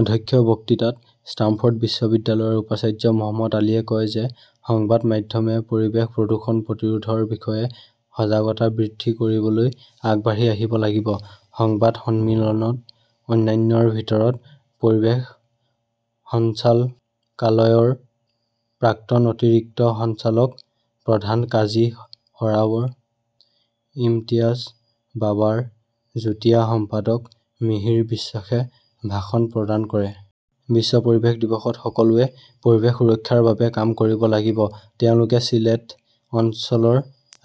অধ্যক্ষীয় বক্তৃতাত ষ্টাৰ্মফৰ্ড বিশ্ববিদ্যালয়ৰ উপাচাৰ্য মহম্মদ আলীয়ে কয় যে সংবাদ মাধ্যমে পৰিৱেশ প্ৰদূষণ প্ৰতিৰোধৰ বিষয়ে সজাগতা বৃদ্ধি কৰিবলৈ আগবাঢ়ি আহিব লাগিব। সংবাদ সন্মিলনত অন্যান্যৰ ভিতৰত পৰিৱেশ সঞ্চালকালয়ৰ প্ৰাক্তন অতিৰিক্ত সঞ্চালক প্ৰধান কাজী সৰাৱাৰ ইমতিয়াজ, বাবাৰ যুটীয়া সম্পাদক মিহিৰ বিশ্বাসে ভাষণ প্ৰদান কৰে। বিশ্ব পৰিৱেশ দিৱসত সকলোৱে পৰিৱেশ সুৰক্ষাৰ বাবে কাম কৰিব লাগিব তেওঁলোকে ছিলেট অঞ্চলৰ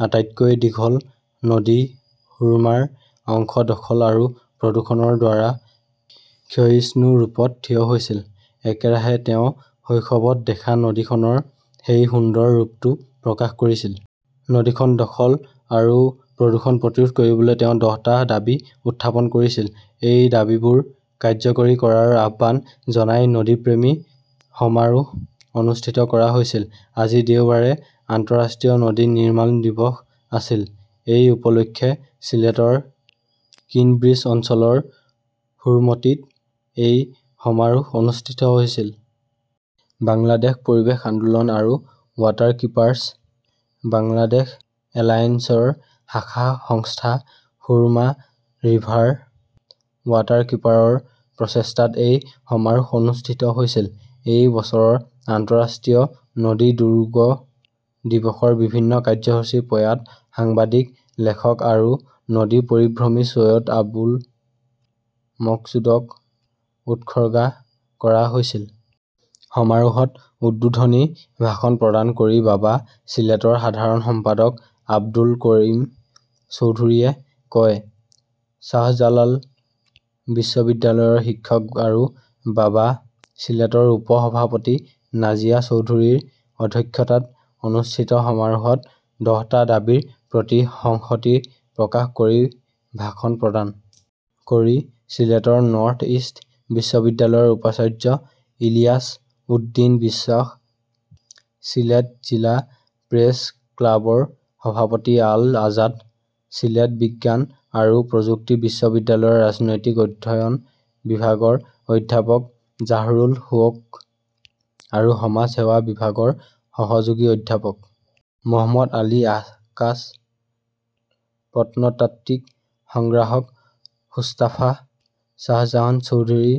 আটাইতকৈ দীঘল নদী সুৰমাৰ অংশ দখল আৰু প্ৰদূষণৰ দ্বাৰা ক্ষয়িষ্ণু ৰূপত থিয় হৈছিল। একেৰাহে তেওঁ শৈশৱত দেখা নদীখনৰ সেই সুন্দৰ ৰূপটো প্ৰকাশ কৰিছিল। নদীখন দখল আৰু প্ৰদূষণ প্ৰতিৰোধ কৰিবলৈ তেওঁ দহটা দাবী উত্থাপন কৰিছিল। এই দাবীবোৰ কাৰ্যকৰী কৰাৰ আহ্বান জনাই নদীপ্ৰেমী সমাৰোহ অনুষ্ঠিত কৰা হৈছিল। আজি দেওবাৰে আন্তঃৰাষ্ট্ৰীয় নদী নিৰ্মাণ দিৱস আছিল। এই উপলক্ষে চিলেটৰ কিনব্ৰিজ অঞ্চলৰ সুৰমতিত এই সমাৰোহ অনুষ্ঠিত হৈছিল। বাংলাদেশ পৰিৱেশ আন্দোলন আৰু ৱাটাৰকীপাৰ্ছ বাংলাদেশ এলায়েন্সৰ শাখা সংস্থা সুৰমা ৰিভাৰ ৱাটাৰকীপাৰৰ প্ৰচেষ্টাত এই সমাৰোহ অনুষ্ঠিত হৈছিল। এই বছৰ আন্তঃৰাষ্ট্ৰীয় নদী দুৰ্গ দিৱসৰ বিভিন্ন কাৰ্যসূচী প্ৰয়াত সাংবাদিক, লেখক আৰু নদী পৰিভ্ৰমী চৈয়দ আবুল মকছুদক উৎসৰ্গা কৰা হৈছিল। সমাৰোহত উদ্বোধনী ভাষণ প্ৰদান কৰি বাবা চিলেটৰ সাধাৰণ সম্পাদক আব্দুল কৰিম চৌধুৰীয়ে কয়। শ্বাহজালাল বিশ্ববিদ্যালয়ৰ শিক্ষক আৰু বাবা ছিলেটৰ উপ-সভাপতি নাজিয়া চৌধুৰীৰ অধ্যক্ষতাত অনুষ্ঠিত সমাৰোহত দহটা দাবীৰ প্ৰতি সংহতি প্ৰকাশ কৰি ভাষণ প্ৰদান কৰি ছিলেটৰ নৰ্থ ইষ্ট বিশ্ববিদ্যালয়ৰ উপাচাৰ্য ইলিয়াছ উদ্দীন বিশ্বাস, ছিলেট জিলা প্ৰেছ ক্লাবৰ সভাপতি আল আজাদ, ছিলেট বিজ্ঞান আৰু প্ৰযুক্তি বিশ্ববিদ্যালয়ৰ ৰাজনৈতিক অধ্যয়ন বিভাগৰ অধ্যাপক জাহৰুল হক আৰু সমাজ সেৱা বিভাগৰ সহযোগী অধ্যাপক মহম্মদ আলী আক্কাস, প্ৰত্নতাত্ত্বিক সংগ্ৰাহক মুস্তাফা শ্বাহজান চৌধুৰী,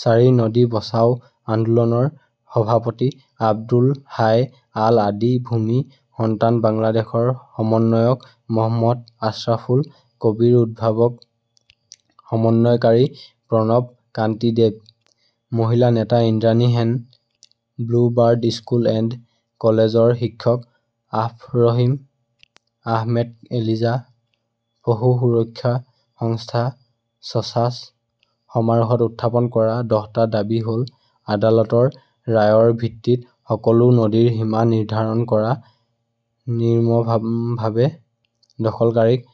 ছাৰী নদী বচাও আন্দোলনৰ সভাপতি আব্দুল হাই আল আদি, ভূমি সন্তান বাংলাদেশৰ সমন্বয়ক মহম্মদ আশ্ৰাফুল কবীৰ, উদ্ভাৱক সমন্বয়কাৰী প্ৰণৱ কান্তি দেৱ, মহিলা নেতা Indrani Sen, Blue Bird School and কলেজৰ শিক্ষক আফৰহিম আহমেদ এলিজা, পশু সুৰক্ষা সংস্থা "ছছাছ" সমাৰোহত উত্থাপন কৰা দহটা দাবী হ'ল আদালতৰ ৰায়ৰ ভিত্তিত সকলো নদীৰ সীমা নিৰ্ধাৰণ কৰা, নিৰ্মভাৱে দখলকাৰীক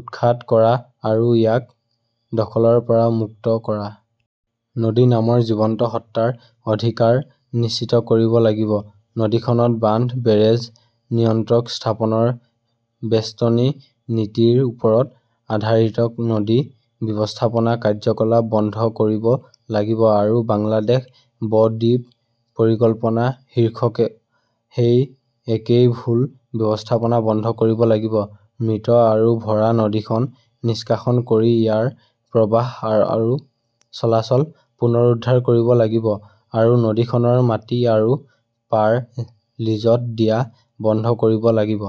উৎখাত কৰা আৰু ইয়াক দখলৰ পৰা মুক্ত কৰা। নদী নামৰ জীৱন্ত সত্তাৰ অধিকাৰ নিশ্চিত কৰিব লাগিব। নদীখনত বান্ধ-বেৰেজ-নিয়ন্ত্ৰক স্থাপনৰ বেষ্টনী নীতিৰ ওপৰত আধাৰিত নদী ব্যৱস্থাপনা কাৰ্যকলাপ বন্ধ কৰিব লাগিব আৰু "বাংলাদেশ ব-দ্বীপ পৰিকল্পনা"-শীৰ্ষকে সেই একেই ভুল ব্যৱস্থাপনা বন্ধ কৰিব লাগিব। মৃত আৰু ভৰা নদীখন নিষ্কাশন কৰি ইয়াৰ প্ৰৱাহ আৰু চলাচল পুনৰুদ্ধাৰ কৰিব লাগিব আৰু নদীখনৰ মাটি আৰু পাৰ লিজত দিয়া বন্ধ কৰিব লাগিব।